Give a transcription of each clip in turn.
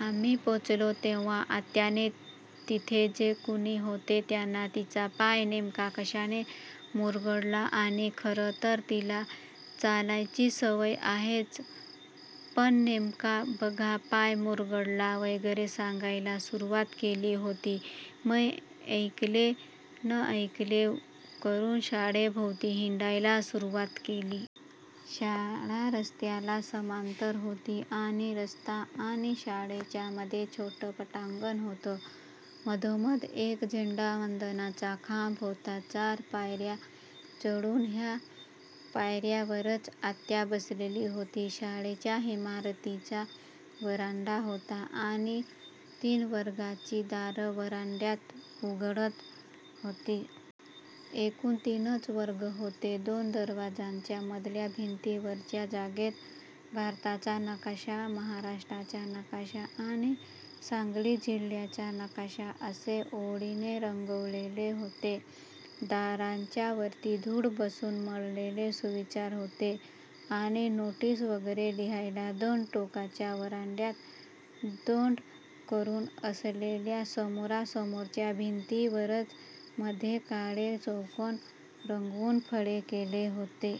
आम्ही पोचलो तेव्हा आत्याने तिथे जे कुणी होते त्यांना तिचा पाय नेमका कशाने मुरगळला आणि खरं तर तिला चालायची सवय आहेच पण नेमका बघा पाय मुरगळला वगैरे सांगायला सुरुवात केली होती. मी ऐकले न ऐकले करुन शाळेभोवती हिंडायला सुरुवात केली. शाळा रस्त्याला समांतर होती आणि रस्ता आणि शाळेच्यामध्ये छोटं पटांगण होतं. मधोमध एक झेंडावंदनाचा खांब होता. चार पायर्या चढून ह्या पायर्यांवरच आत्या बसलेली होती शाळेच्या इमारतीचा व्हरांडा होता आणि तीन वर्गांची दारं व्हरांड्यात उघडत होती. एकूण तीनच वर्ग होते. दोन दरवाजांच्या मधल्या भिंतीवरच्या जागेत भारताचा नकाशा, महाराष्ट्राचा नकाशा आणि सांगली जिल्ह्याचा नकाशा असे ओळीने रंगवलेले होते. दारांच्यावरती धूळ बसून मळलेले सुविचार होते आणि नोटीस वगैरे लिहायला दोन टोकाच्या व्हरांड्यात तोंड करुन असलेल्या समोरासमोरच्या भिंतींवरच मधे काळे चौकोन रंगवून फळे केले होते.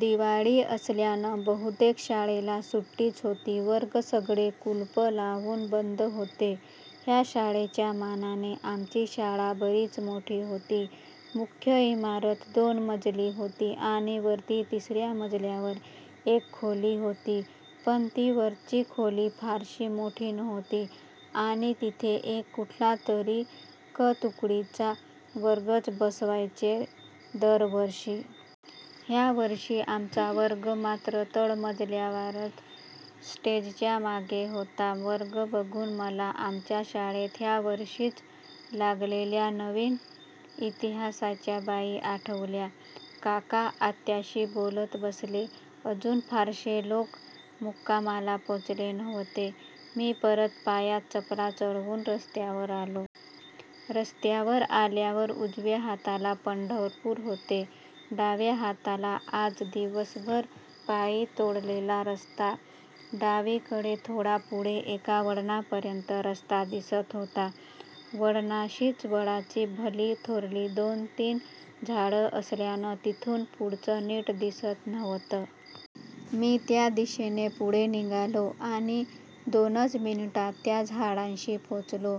दिवाळी असल्यानं बहुतेक शाळेला सुट्टीच होती. वर्ग सगळे कुलुपं लावून बंद होते. ह्या शाळेच्या मानाने आमची शाळा बरीच मोठी होती. मुख्य इमारत दोन मजली होती आणि वरती तिसर्या मजल्यावर एक खोली होती. पण ती वरची खोली फारशी मोठी नव्हती आणि तिथे एक कुठलातरी क तुकडीचा वर्गच बसवायचे दर वर्षी. ह्यावर्षी आमचा वर्ग मात्र तळ मजल्यावारच स्टेजच्या मागे होता. वर्ग बघून मला आमच्या शाळेत ह्यावर्षीच लागलेल्या नवीन इतिहासाच्या बाई आठवल्या. काका आत्याशी बोलत बसले. अजून फारशे लोक मुक्कामाला पोचले नव्ह्ते. मी परत पायात चपला चढवून रस्त्यावर आलो. रस्त्यावर आल्यावर उजव्या हाताला पंढरपूर होते. डाव्या हाताला आज दिवसभर पायी तोडलेला रस्ता. उजवीकडे थोडा पुढे एका वळणापर्यंत रस्ता दिसत होता. वळणाशीच वडाची भली थोरली दोन-तीन झाडं असल्यानं तिथून पुढचं नीट दिसत नव्हतं. मी त्या दिशेने पुढे निघालो आणि दोनच मिनिटात त्या झाडांशी पोचलो.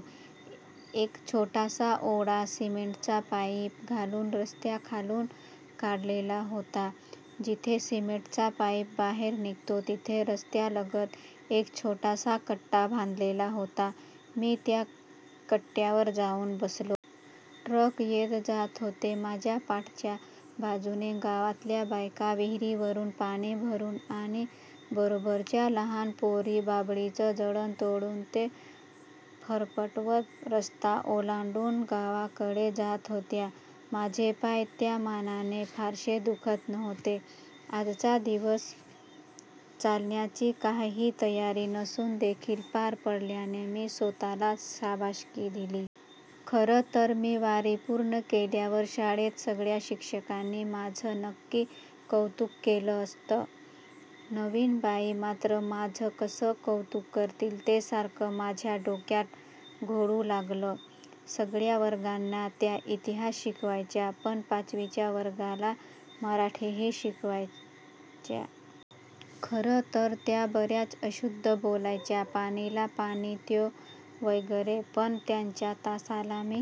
एक छोटासा ओढा सिमेंटचा पाईप घालून रस्त्याखालून काढलेला होता. जिथे सिमेंटचा पाईप बाहेर निघतो तिथे रस्त्यालगत एक छोटासा कट्टा बांधलेला होता. मी त्या कट्ट्यावर जाउन बसलो. ट्रक येत जात होते. माझ्या पाठच्या बाजूने गावातल्या बायका विहीरवरुन पाणी भरुन आणि बरोबरच्या लहान पोरी बाभळीचं जळण तोडून ते फरपटवत रस्ता ओलांडून गावाकडे जात होत्या. माझे पाय त्यामानाने फारशे दुखत नव्हते. आजचा पहिला दिवस चालण्याची काहीही तयारी नसून देखील पार पडल्याने मी स्वत:लाच शाबासकी दिली. खरं तर मी वारी पूर्ण केल्यावर शाळेत सगळ्या शिक्षकांनी माझं नक्की कौतुक केलं असतं. नवीन बाई मात्र माझं कसं कौतुक करतील ते सारखं माझ्या डोक्यात घोळू लागलं. सगळ्या वर्गांना त्या इतिहास शिकवायच्या. पण पाचवीच्या वर्गाला मराठीही शिकवायच्या. खरं तर त्या बरच अशुद्ध बोलायच्या. पाणीला पानी, त्यो वगैरे. पण त्यांच्या तासाला मी